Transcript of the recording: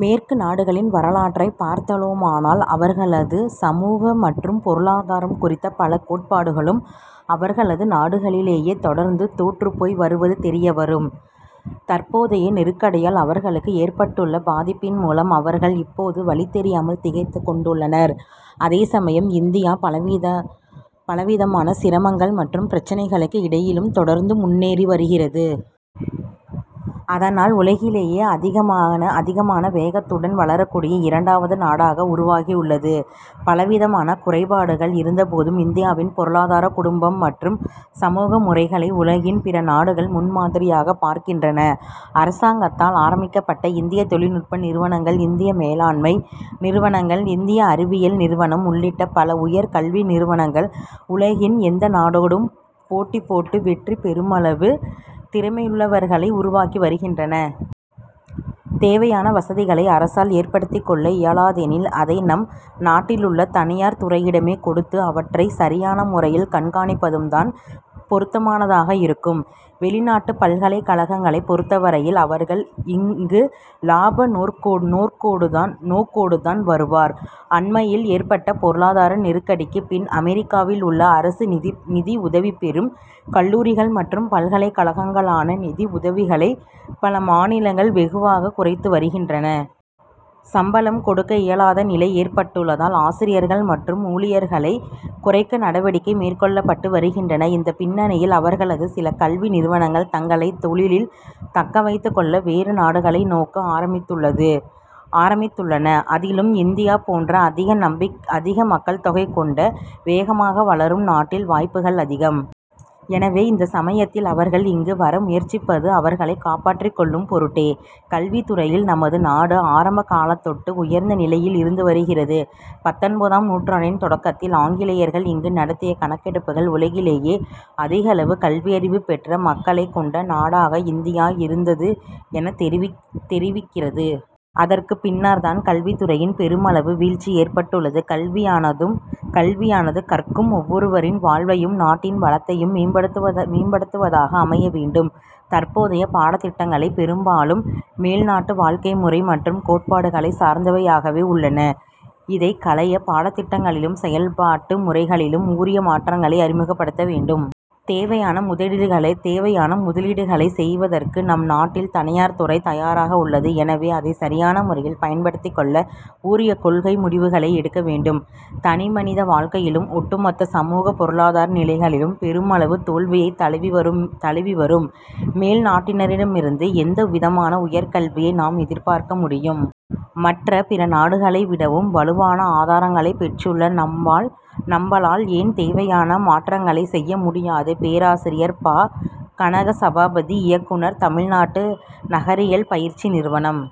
மேற்கு நாடுகளின் வரலாற்றை பார்த்தோமானால் அவர் களது சமூக மற்றும் பொருளாதாரம் குறித்த பல கோட்பாடுகளும் அவர்களது நாடுகளிலேயே தொடர்ந்து தோற்றுப்போய் வருவது தெரியவரும். தற்போதைய நெருக்கடியால் அவர்களுக்கு ஏற்பட்டுள்ள பாதிப்பின் மூலம் அவர்கள் இப்போது வழி தெரியாமல் திகைத்துக் கொண்டுள்ளனர். அதே சமயம் இந்தியா பலவிதமான சிரமங்கள் மற்றும் பிரச்னைகளுக்கு இடையிலும் தொடர்ந்து முன்னேறி வருகிறது. அதனால் உலகிலேயே அதிகமான வேகத்துடன் வளரக்கூடிய இரண்டாவது நாடாக உருவாகியுள்ளது. பலவிதமான குறைபாடுகள் இருந்தபோதும் இந்தியாவின் பொருளாதார குடும்பம் மற்றும் சமூக முறைகளை உலகின் பிற நாடுகள் முன்மாதிரியாக பார்க்கின்றன. அரசாங்கத்தால் ஆரம்பிக்கப்பட்ட இந்திய தொழில்நுட்ப நிறுவனங்கள் இந்திய மேலாண்மை நிறுவனங்கள் இந்திய அறிவியல் நிறுவனம் உள்ளிட்ட பல உயர் கல்வி நிறுவனங்கள் உலகின் எந்த நாட்டோடும் போட்டிபோட்டு வெற்றி பெருமளவு திறமையுள்ளவர்களை உருவாக்கி வருகின்றன. தேவையான வசதிகளை அரசால் ஏற்படுத்திக் கொள்ள இயலாதெனில் அதை நம் நாட்டிலுள்ள தனியார் துறையிடமே கொடுத்து அவற்றை சரியான முறையில் கண்காணிப்பதுதான் பொருத்தமானதாக இருக்கும். வெளிநாட்டுப் பல்கலைக்கழகங்களை பொருத்தவரையில், அவர்கள் இங்கு லாப நோக்கோடுதான் வருவர். அண்மையில் ஏற்பட்ட பொருளாதார நெருக்கடிக்குப் பின் அமெரிக்காவில் உள்ள அரசு நிதிஉதவி பெறும் கல்லூரிகள் மற்றும் பல்கலைக் கழகங்களுக்கான நிதி உதவிகளை பல மாநிலங்கள் வெகுவாகக் குறைத்து வருகின்றன. சம்பளம் கொடுக்க இயலாத நிலை ஏற்பட்டுள்ளதால் ஆசிரியர்கள் மற்றும் ஊழியர்களைக் குறைக்க நடவடிக்கைகள் மேற்கொள்ளப்பட்டு வருகின்றன. இந்தப் பின்னணியில் அவர்களது சில கல்வி நிறுவனங்கள் தங்களைத் தொழிலில் தக்கவைத்துக் கொள்ள வேறு நாடுகளை நோக்க ஆரம்பித்துள்ளன. அதிலும் இந்தியா போன்ற அதிக மக்கள் தொகை கொண்ட வேகமாக வளரும் நாட்டில் வாய்ப்புகள் அதிகம். எனவே, இந்த சமயத்தில் அவர்கள் இங்கு வர முயற்சிப்பது அவர்களைக் காப்பாற்றிக் கொள்ளும் பொருட்டே. கல்வித் துறையில் நமது நாடு ஆரம்ப காலத்தொட்டு உயர்ந்த நிலையில் இருந்து வருகிறது. பத்தொன்பதாம் நூற்றாண்டின் தொடக்கத்தில் ஆங்கிலேயர்கள் இங்கு நடத்திய கணக்கெடுப்புகள் உலகிலேயே அதிக அளவு கல்வியறிவு பெற்ற மக்களைக் கொண்ட நாடாக இந்தியா இருந்தது எனத் தெரிவிக்கிறது. அதற்குப் பின்னர்தான் கல்வித்துறையின் பெருமளவு வீழ்ச்சி ஏற்பட்டுள்ளது. கல்வியானது கற்கும் ஒவ்வொருவரின் வாழ்வையும் நாட்டின் வளத்தையும் மேம்படுத்துவதாக அமைய வேண்டும். தற்போதைய பாடத்திட்டங்களை பெரும்பாலும் மேல்நாட்டு வாழ்க்கை முறை மற்றும் கோட்பாடுகளை சார்ந்தவையாகவே உள்ளன. இதைக் களைய பாடத்திட்டங்களிலும் செயல்பாடு முறைகளிலும் உரிய மாற்றங்களை அறிமுகப்படுத்த வேண்டும். தேவையான முதலீடுகளை செய்வதற்கு நம் நாட்டில் தனியார் துறை தயாராக உள்ளது. எனவே, அதை சரியான முறையில் பயன்படுத்திக் கொள்ள உரிய கொள்கை முடிவுகளை எடுக்க வேண்டும். தனிமனித வாழ்க்கையிலும் ஒட்டுமொத்த சமூக பொருளாதார நிலைகளிலும் பெருமளவு தோல்வியை தழுவி வரும் மேல் நாட்டினரிடமிருந்து எந்த விதமான உயர்கல்வியை நாம் எதிர்பார்க்க முடியும்? மற்ற பிற நாடுகளை விடவும் வலுவான ஆதாரங்களைப் பெற்றுள்ள நம்மால் ஏன் தேவையான மாற்றங்களை செய்ய முடியாது? பேராசிரியர் ப. கனகசபாபதி இயக்குனர் தமிழ்நாடு நகரியல் பயிற்சி நிறுவனம்.